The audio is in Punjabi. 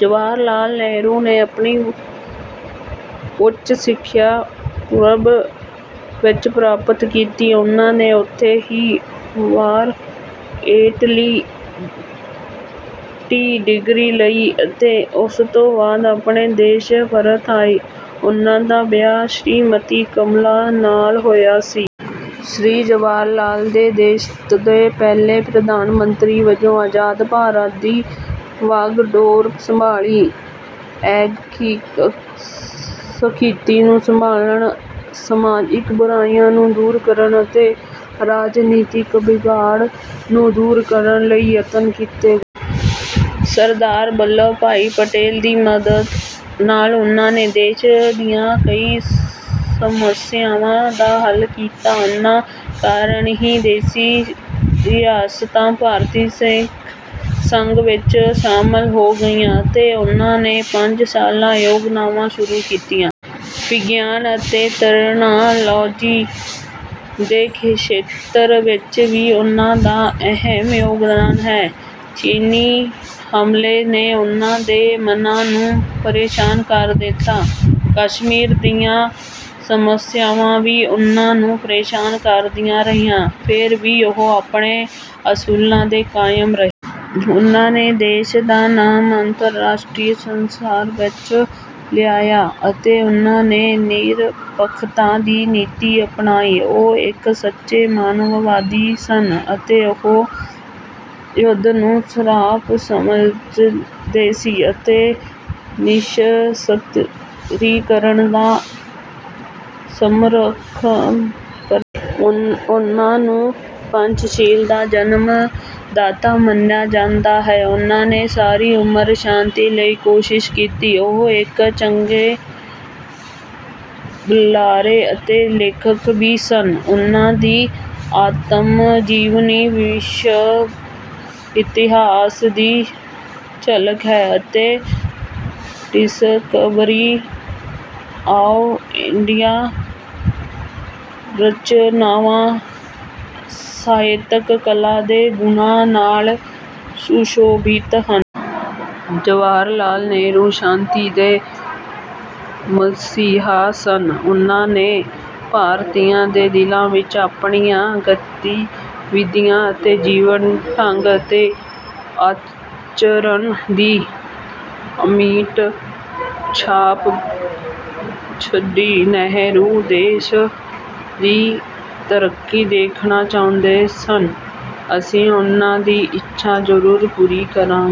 ਜਵਾਹਰ ਲਾਲ ਨਹਿਰੂ ਨੇ ਆਪਣੀ ਉੱਚ ਸਿੱਖਿਆ ਯੂਰਪ ਵਿੱਚ ਪ੍ਰਾਪਤ ਕੀਤੀ। ਉਹਨਾਂ ਨੇ ਉਥੋਂ ਹੀ ਬਾਰ. ਏਟ. ਲੀ ਦੀ ਡਿਗਰੀ ਲਈ ਅਤੇ ਉਸ ਤੋਂ ਬਾਅਦ ਆਪਣੇ ਦੇਸ਼ ਪਰਤ ਆਏ। ਉਹਨਾਂ ਦਾ ਵਿਆਹ ਸ਼੍ਰੀਮਤੀ ਕਮਲਾ ਨਾਲ ਹੋਇਆ ਸੀ। ਸ਼੍ਰੀ ਜਵਾਹਰ ਲਾਲ ਨੇ ਦੇਸ਼ ਦੇ ਪਹਿਲੇ ਪ੍ਰਧਾਨ ਮੰਤਰੀ ਵਜੋਂ ਆਜ਼ਾਦ ਭਾਰਤ ਦੀ ਵਾਗਡੋਰ ਸੰਭਾਲੀ। ਆਰਥਿਕ ਸਥਿਤੀ ਨੂੰ ਸੰਭਾਲਣ, ਸਮਾਜਿਕ ਬੁਰਾਈਆਂ ਨੂੰ ਦੂਰ ਕਰਨ ਅਤੇ ਰਾਜਨੀਤਿਕ ਵਿਗਾੜ ਨੂੰ ਦੂਰ ਕਰਨ ਲਈ ਯਤਨ ਕੀਤੇ ਗਏ। ਸਰਦਾਰ ਵੱਲਭ ਭਾਈ ਪਟੇਲ ਦੀ ਮਦਦ ਨਾਲ ਉਨ੍ਹਾਂ ਨੇ ਦੇਸ਼ ਦੀਆਂ ਕਈ ਸਮੱਸਿਆਵਾਂ ਦਾ ਹੱਲ ਕੀਤਾ। ਇਨ੍ਹਾਂ ਕਾਰਨ ਹੀ ਦੇਸੀ ਰਿਆਸਤਾਂ ਭਾਰਤੀ ਸੰਘ ਵਿੱਚ ਸ਼ਾਮਲ ਹੋ ਗਈਆਂ। ਅਤੇ ਉਹਨਾਂ ਨੇ ਪੰਜ ਸਾਲਾ ਯੋਜਨਾਵਾਂ ਸ਼ੁਰੂ ਕੀਤੀਆਂ। ਵਿਗਿਆਨ ਅਤੇ ਤਕਨਾਲੋਜੀ ਦੇ ਖੇਤਰ ਵਿੱਚ ਵੀ ਉਨ੍ਹਾਂ ਦਾ ਅਹਿਮ ਯੋਗਦਾਨ ਹੈ। ਚੀਨੀ ਹਮਲੇ ਨੇ ਉਨ੍ਹਾਂ ਦੇ ਮਨਾਂ ਨੂੰ ਪਰੇਸ਼ਾਨ ਕਰ ਦਿੱਤਾ। ਕਸ਼ਮੀਰ ਦੀਆਂ ਸਮੱਸਿਆਵਾਂ ਵੀ ਉਹਨਾਂ ਨੂੰ ਪ੍ਰੇਸ਼ਾਨ ਕਰਦੀਆਂ ਰਹੀਆਂ। ਫਿਰ ਵੀ ਉਹ ਆਪਣੇ ਅਸੂਲਾਂ 'ਤੇ ਕਾਇਮ ਰਹੇ। ਉਹਨਾਂ ਨੇ ਦੇਸ਼ ਦਾ ਨਾਮ ਅੰਤਰਰਾਸ਼ਟਰੀ ਸੰਸਾਰ ਵਿੱਚ ਲਿਆਇਆ। ਅਤੇ ਉਹਨਾਂ ਨੇ ਨਿਰਪੱਖਤਾ ਦੀ ਨੀਤੀ ਅਪਣਾਈ। ਉਹ ਇੱਕ ਸੱਚੇ ਮਾਨਵਵਾਦੀ ਸਨ ਅਤੇ ਉਹ ਯੁੱਧ ਨੂੰ ਸਰਾਪ ਸਮਝਦੇ ਸੀ ਅਤੇ ਨਿਸ਼ਸਤਰੀਕਰਨ ਦਾ ਸਮਰਖਾ। ਉਹਨਾਂ ਨੂੰ ਪੰਚਸ਼ੀਲ ਦਾ ਜਨਮਦਾਤਾ ਮੰਨਿਆ ਜਾਂਦਾ ਹੈ। ਉਹਨਾਂ ਨੇ ਸਾਰੀ ਉਮਰ ਸ਼ਾਂਤੀ ਲਈ ਕੋਸ਼ਿਸ਼ ਕੀਤੀ। ਉਹ ਇੱਕ ਚੰਗੇ ਬੁਲਾਰੇ ਅਤੇ ਲੇਖਕ ਵੀ ਸਨ। ਉਹਨਾਂ ਦੀ 'ਆਤਮਜੀਵਨੀ' ਵਿਸ਼ਵ ਇਤਿਹਾਸ ਦੀ ਝਲਕ ਹੈ ਅਤੇ 'ਡਿਸਕਵਰੀ ਆਫ਼ ਇੰਡੀਆ' ਰਚਨਾਵਾਂ ਸਾਹਿਤਕ ਕਲਾ ਦੇ ਗੁਣਾਂ ਨਾਲ ਸੁਸ਼ੋਭਿਤ ਹਨ। ਜਵਾਹਰ ਲਾਲ ਨਹਿਰੂ ਸ਼ਾਂਤੀ ਦੇ ਮਸੀਹਾ ਸਨ। ਉਹਨਾਂ ਨੇ ਭਾਰਤੀਆਂ ਦੇ ਦਿਲਾਂ ਵਿੱਚ ਆਪਣੀਆਂ ਗਤੀਵਿਧੀਆਂ ਅਤੇ ਜੀਵਨ ਢੰਗ ਅਤੇ ਆਚਰਣ ਦੀ ਅਮਿੱਟ ਛਾਪ ਛੱਡੀ। ਨਹਿਰੂ ਦੇਸ਼ ਦੀ ਤਰੱਕੀ ਦੇਖਣਾ ਚਾਹੁੰਦੇ ਸਨ। ਅਸੀਂ ਉਨ੍ਹਾਂ ਦੀ ਇੱਛਾ ਜ਼ਰੂਰ ਪੂਰੀ ਕਰਾਂਗੇ।